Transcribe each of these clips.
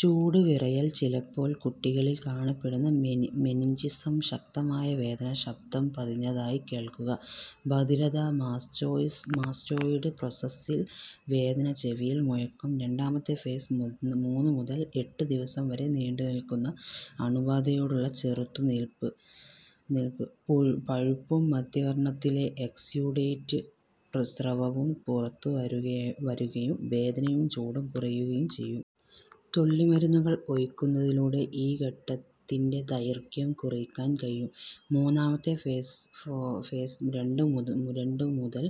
ചൂട്, വിറയൽ, ചിലപ്പോല് കുട്ടികളിൽ കാണപ്പെടുന്ന മെനിഞ്ചിസം, ശക്തമായ വേദന, ശബ്ബ്ദം പതിഞ്ഞതായി കേൾക്കുക, ബധിരത, മാസ്റ്റോയ്ഡ് പ്രോസസ്സിൽ വേദന, ചെവിയിൽ മുഴക്കം. രണ്ടാമത്തെ ഫേസ് -മൂന്നു മുതൽ എട്ടു ദിവസം വരെ നീണ്ടുനിൽക്കുന്ന അണുബാധയോടുള്ള ചെറുത്തു നിൽപ്പ്. പഴുപ്പും മദ്ധ്യകർണ്ണത്തിലെ എക്സ്യുഡേറ്റ് സ്രവവും പുറത്തുവരുകയും വേദനയും ചൂടും കുറയുകയും ചെയ്യും. തുള്ളിമരുന്നുകൾ ഒഴിക്കുന്നതിലൂടെ ഈ ഘട്ടത്തിന്റെ ദൈർഘ്യം കുറയ്ക്കാൻ കഴിയും. മൂന്നാമത്തെ ഫേസ് രണ്ടു മുതൽ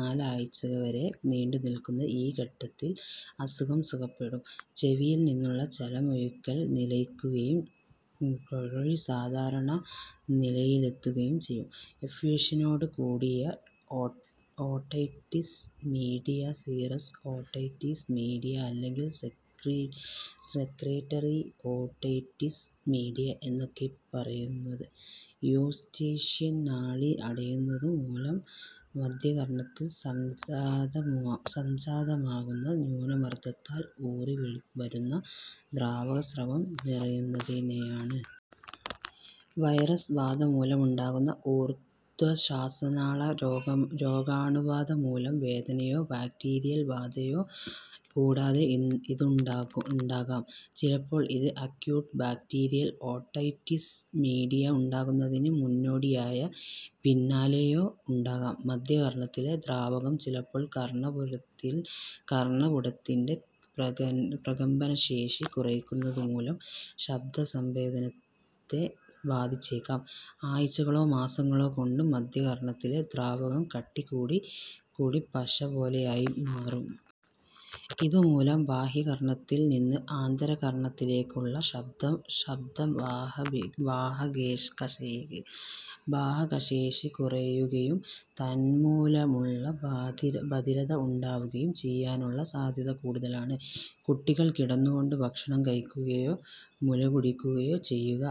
നാലാഴ്ച്കവരെ നീണ്ടുനിൽക്കുന്ന ഈ ഘട്ടത്തിൽ അസുഖം സുഖപ്പെടും. ചെവിയിൽ നിന്നുള്ള ചലമൊഴുകൽ നിലയ്ക്കുകയും കേഴ്വി സാധാരണ നിലയിലെത്തുകയും ചെയ്യും. എഫ്യൂഷനോട് കൂടിയ otitis media, serous otitis media, അല്ലെങ്കിൽ സെക്രീറ്ററി ഓട്ടൈറ്റിസ് മീഡിയ, എന്നൊക്കെപ്പറയുന്നത് യൂസ്റ്റേഷ്യൻ നാളി അടയുന്നതു മൂലം മദ്ധ്യകർണ്ണത്തിൽ സംജാതമാകുന്ന ന്യൂനമർദ്ദത്താൽ ഊറിവരുന്ന ദ്രാവകസ്രവം നിറയുന്നതിനെയാണ്. വൈറസ് ബാധ മൂലമുണ്ടാകുന്ന ഊർദ്ധ്വ ശ്വാസനാള രോഗാണുബാധ മൂലം വേദനയോ ബാക്ടീരിയൽ ബാധയോ കൂടാതെ ഇതുണ്ടാകാം. ചിലപ്പോൾ ഇത് അക്യൂട്ട് ബാക്ടീരിയൽ ഓട്ടൈറ്റിസ് മീഡിയ ഉണ്ടാകുന്നതിന് മുന്നോടിയായോ പിന്നാലെയോ ഉണ്ടാകാം. മദ്ധ്യകർണ്ണത്തിലെ ദ്രാവകം ചിലപ്പോൾ കർണ്ണപുടത്തിന്റെ പ്രകമ്പനശേഷി കുറയ്ക്കുന്നതുമൂലം ശബ്ബ്ദ സംവേദനത്തെ ബാധിച്ചേയ്ക്കാം. ആഴ്ച്ചകളോ മാസങ്ങളോ കൊണ്ട് മദ്ധ്യ കർണ്ണത്തിലെ ദ്രാവകം കട്ടി കൂടി പശ പോലെയായി മാറാം. ഇതു മൂലം ബാഹ്യകർണ്ണത്തിൽ നിന്ന് ആന്തര കർണ്ണത്തിലേക്കുള്ള ശബ്ബ്ദ വാഹകശേഷി കുറയുകയും തന്മൂലമുള്ള ബധിരത ഉണ്ടാവുകയും ചെയ്യാനുള്ള സാദ്ധ്യത കൂടുതലാണ്. കുട്ടികൾ കിടന്നുകൊണ്ട് ഭക്ഷണം കഴിക്കുകയോ മുലകുടിക്കുകയോ ചെയ്യുക,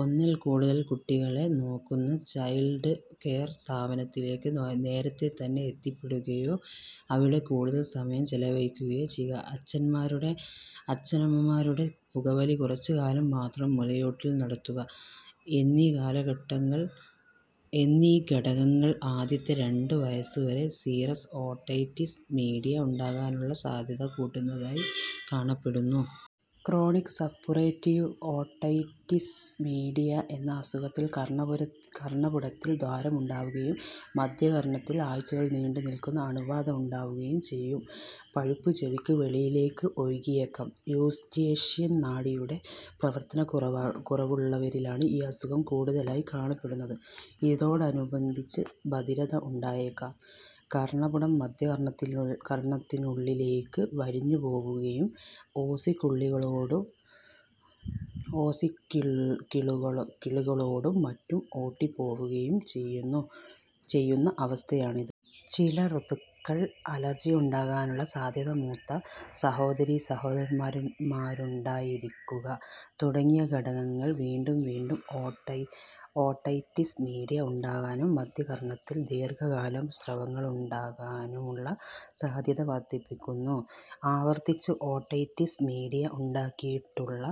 ഒന്നിൽ കൂടുതൽ കുട്ടികളെ നോക്കുന്ന ചൈൽഡ് കെയർ സ്ഥാപനത്തിലേക്ക് നേരത്തെ തന്നെ എത്തിപ്പെടുകയോ അവിടെ കൂടുതൽ സമയം ചെലവഴിക്കുകയോ ചെയ്യുക, അച്ഛനമ്മമാരുടെ പുകവലി, കുറച്ചുകാലം മാത്രം മുലയൂട്ടൽ നടത്തുക എന്നീ ഘടകങ്ങൾ ആദ്യത്തെ രണ്ടു വയസ്സുവരെ സീറസ് ഓട്ടൈറ്റിസ് മീഡിയ ഉണ്ടാകാനുള്ള സാദ്ധ്യത കൂട്ടുന്നതായി കാണപ്പെടുന്നു. ക്രോണിക് സപ്പുറേറ്റീവ് ഓട്ടൈറ്റിസ് മീഡിയ എന്ന അസുഖത്തിൽ കർണ്ണപുടത്തിൽ ദ്വാരമുണ്ടാവുകയും മദ്ധ്യകർണ്ണത്തിൽ ആഴ്ച്ചകൾ നീണ്ടുനിൽക്കുന്ന അണുബാധ ഉണ്ടാവുകയും ചെയ്യും. പഴുപ്പ് ചെവിക്കു വെളിയിലേയ്ക്ക് ഒഴുകിയേക്കാം. യൂസ്റ്റേഷ്യൻ നാളിയുടെ പ്രവർത്തനക്കുറവുള്ളവരിലാണ് ഈ അസുഖം കൂടുതലായി കാണപ്പെടുന്നത്. ഇതോടനുബന്ധിച്ച് ബധിരത ഉണ്ടായേക്കാം. കർണ്ണപുടം മദ്ധ്യകർണ്ണത്തിനുള്ളിലേയ്ക്ക് വലിഞ്ഞുപോവുകയും ഓസിക്കിളുകളോടും മറ്റും ഒട്ടിപ്പോവുകയും ചെയ്യുന്ന അവസ്ഥയാണിത്. ചില ഋതുക്കൾ, അലർജിയുണ്ടാകാനുള്ള സാദ്ധ്യത, മൂത്ത സഹോദരീസഹോദരന്മാരുണ്ടായിരിക്കുക, തുടങ്ങിയ ഘടകങ്ങൾ വീണ്ടും വീണ്ടും ഓട്ടൈറ്റിസ് മീഡിയ ഉണ്ടാകാനും മദ്ധ്യകർണ്ണത്തിൽ ദീർഘകാലം സ്രവങ്ങളുണ്ടാക്കാനുമുള്ള സാദ്ധ്യത വർദ്ധിപ്പിക്കുന്നു. ആവർത്തിച്ച് ഓട്ടൈറ്റിസ് മീഡിയ ഉണ്ടായിട്ടുള്ള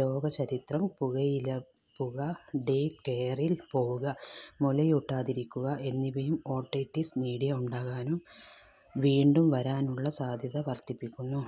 രോഗചരിത്രം, പുകയിലപ്പുക, ഡേ കെയറിൽ പോവുക, മുലയൂട്ടാതിരിക്കുക എന്നിവയും ഓട്ടൈറ്റിസ് മീഡിയ ഉണ്ടാകാനും വീണ്ടും വരാനുമുള്ള സാദ്ധ്യത വർദ്ധിപ്പിക്കുന്നു.